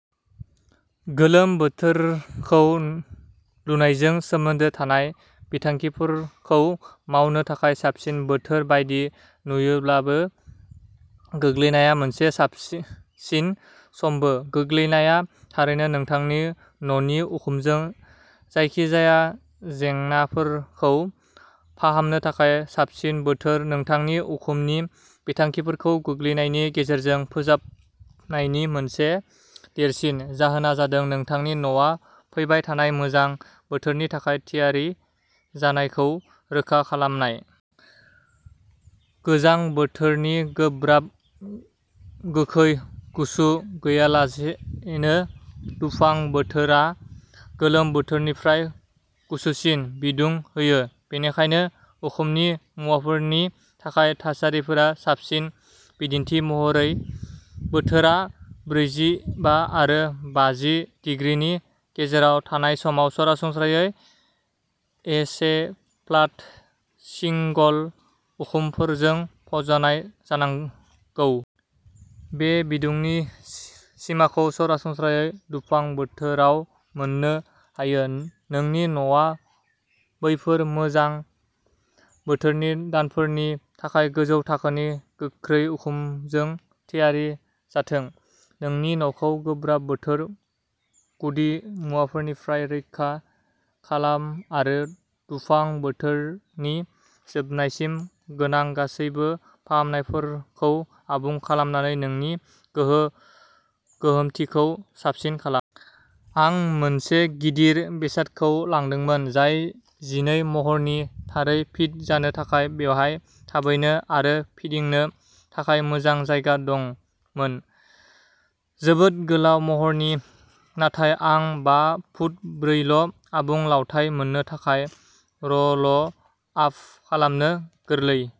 गोलोम बोथोरखौ लुनायजों सोमोन्दो थानाय बिथांखिफोरखौ मावनो थाखाय साबसिन बोथोर बायदि नुयोब्लाबो, गोग्लैनाया मोनसे साबसिन समबो। गोग्लैनाया थारैनो नोंथांनि न'नि उखुमजों जायखिजाया जेंनाफोरखौ फाहामनो थाखाय साबसिन बोथोर। नोंथांनि उखुमनि बिथांखिफोरखौ गोग्लैनायनि गेजेरजों फोजाबनायनि मोनसे देरसिन जाहोना जादों नोंथांनि न'आ फैबाय थानाय मोजां बोथोरनि थाखाय थियारि जानायखौ रोखा खालामनाय। गोजां बोथोरनि गोब्राब, गोखै गुसु गैयालासेनो दुफां बोथोरा गोलोम बोथोरनिख्रुइ गुसुसिन बिदुं होयो, बेनिखायनो उखुमनि मुवाफोरनि थाखाय थासारिफोरा साबसिन। बिदिन्थि महरै, बोथोरआ ब्रैजिबा आरो बाजि दिग्रिनि गेजेराव थानाय समाव सरासनस्रायै एसेफाल्ट शिंगल उखुमफोरखौ फज'नाय जानांगौ। बे बिदुंनि सिमाखौ सरासनस्रायै दुफां बोथोराव मोननो हायो। नोंनि न'आ बैफोर मोजां बोथोरनि दानफोरनि थाखाय गोजौ थाखोनि, गोख्रै उखुमजों थियारि जाथों। नोंनि न'खौ गोब्राब बोथोर गुदिमुवाफोरनिफ्राय रैखा खालाम आरो दुफां बोथोरनि जोबनायसिम गोनां गासैबो फाहामनायफोरखौ आबुं खालामनानै नोंनि गोहो गोहोमथिखौ साबसिन खालाम। आं मोनसे गिदिर बेसादखौ लांदोंमोन, जाय जिनै महरनि, थारै फिट जानो थाखाय। बेयाव थाबायनो आरो फिदिंनो थाखाय मोजां जायगा दंमोन। जोबोद गोलाव महरनि नाथाय आं बा फुट ब्रै ल', आबुं लावथाइ मोननो थाखाय र'ल आप खालामनो गोरलै।